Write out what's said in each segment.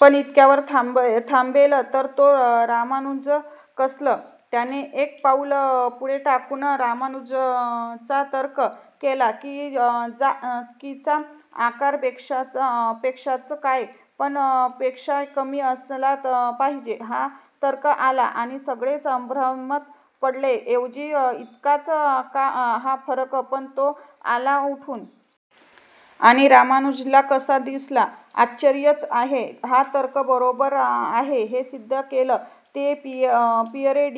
पण इतक्यावर थांबेल तर तो रामानुजन कसला! त्याने एक पाऊल पुढे टाकून 'रामानुजनचा तर्क' केला, की चा आकार पेक्षाच काय, पण. पेक्षा कमी असला पाहिजे. हा तर्क आला, आणि सगळे संभ्रमात पडले. ऐवजी इतकाच हा फरक, पण तो आला कुठून?! आणि रामानुजनला कसा दिसला?! आश्चर्यच आहे. हा तर्क बरोबर आहे, हे सिद्ध केलं ते पिअरे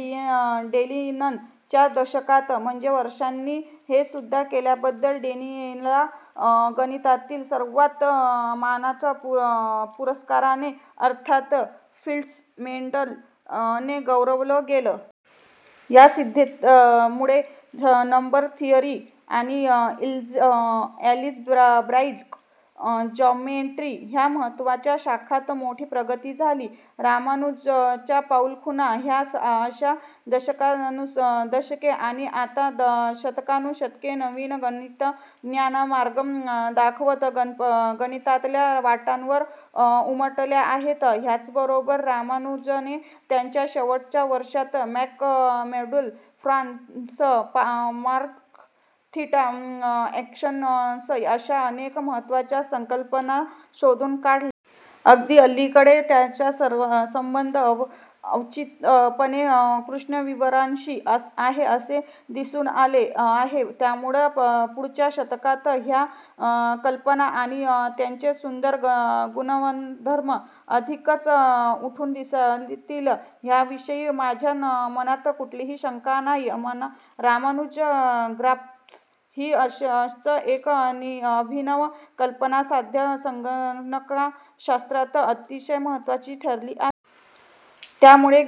डेलिननं च्या दशकात, म्हणजे वर्षांनी. हे सिद्ध केल्याबद्दल डेलिनला गणितातील सर्वात मानाच्या पुरस्काराने अर्थात 'फिल्ड्स मेडल'ने गौरवलं गेलं. ह्या सिद्धतेमुळे नंबर थिअरी आणि अल्जिब्राईक जॉमेट्री ह्या महत्त्वाच्या शाखांत मोठी प्रगती झाली. रामानुजनच्या पाऊलखुणा ह्या अश्या दशकानुदशके आणि आता शतकानुशतके नवीन गणितज्ञांना मार्ग दाखवत गणितातल्या वाटांवर उमटल्या आहेत. ह्याचबरोबर रामानुजनने त्याच्या शेवटच्या वर्षांत mock modular forms, mock theta functions अश्या अनेक महत्त्वाच्या संकल्पना शोधून काढल्या. अगदी अलीकडे त्यांचा संबंध अवचितपणे कृष्णविवरांशी आहे असे दिसून आले आहे. त्यामुळे पुढच्या शतकात ह्या कल्पना आणि त्यांचे सुंदर गुणधर्म अधिकच उठून दिसतील, ह्याविषयी माझ्या मनात कुठलीच शंका नाही. रामानुजन ग्राफ्स ही अशीच एक अभिनव कल्पना सध्या संगणकशास्त्रात अतिशय महत्त्वाची ठरली आहे. त्यामुळे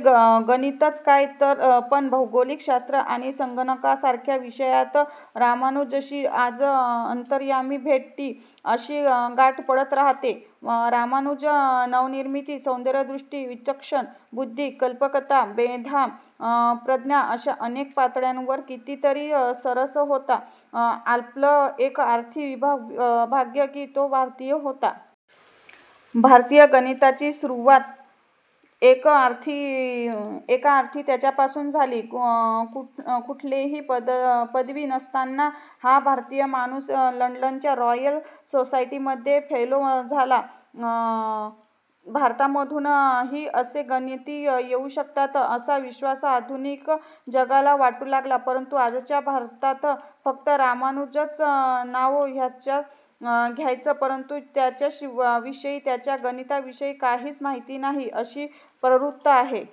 गणितच काय पण भौतिकशास्त्र आणि संगणकासारख्या विषयांत रामानुजनशी 'आज अंतर्यामी भेटे' अशी गाठ पडत राहते. रामानुजन नवनिर्मिती, सौंदर्यदृष्टी, विचक्षण बुद्धी, कल्पकता, मेधा, प्रज्ञा अश्या अनेक पातळ्यांवर कितीतरी सरस होता. आपलं एका अर्थी भाग्य की तो भारतीय होता. भारतीय गणिताची सुरवात एका अर्थी त्याच्यापासून झाली. कुठलीही पदवी नसताना हा भारतीय माणूस लंडनच्या रॉयल सोसायटीमध्ये फेलो झाला. भारतामधूनही असे गणिती येऊ शकतात, असा विश्वास आधुनिक जगाला वाटू लागला. परंतु आजच्या भारतात फक्त रामानुजनचं नाव घ्यायचं, परंतु त्याच्याविषयी, त्याच्या गणिताविषयी काहीच माहिती नाही, अशी प्रवृत्ती आहे.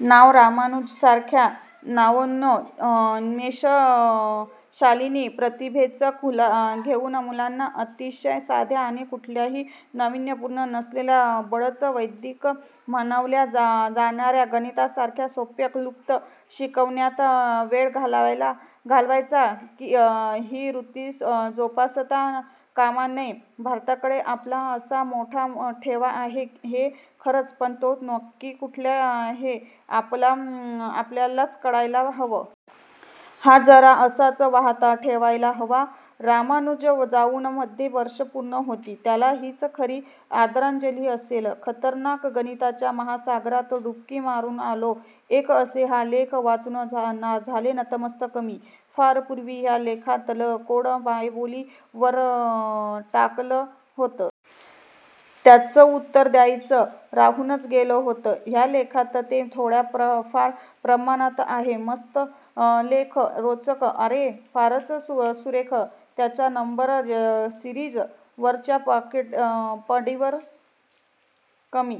नाव रामानुजनसारख्या नवनवोन्मेषशालिनी प्रतिभेचं घेऊन मुलांना अतिशय साध्या आणि कुठल्याही नावीन्यपूर्ण नसलेल्या बळंच वैदिक म्हणवल्या जाणार्या गणितासारख्या सोप्या क्लृप्त्या शिकवण्यात वेळ घालवायचा, ही वृत्ती जोपासता कामा नये. भारताकडे आपला असा मोठा ठेवा आहे हे खरंच, पण तो नक्की कुठला, हे आपलं आपल्यालाच कळायला हवं. हा झरा असाच वाहता ठेवायला हवा. रामानुजन जाऊन मध्ये वर्षं पूर्ण होतील. त्याला हीच खरी आदरांजली असेल. _/\_खतरनाकगणिताच्या महासागरात डुबकी मारून आलो एक असे हा लेख वाचून झालेनतमस्तक _/\_मी फार पूर्वी ह्या लेखातलं कोडं मायबोलीवर टाकलं होतं. त्याचं उत्तर द्यायचं राहूनच गेलं होतं. ह्या लेखात ते थोड्याफार प्रमाणात आहे. मस्त लेख, रोचक! अरे फारच सुरेख. त्याच्या नंबर सिरिज वरच्या पकडीवर कमी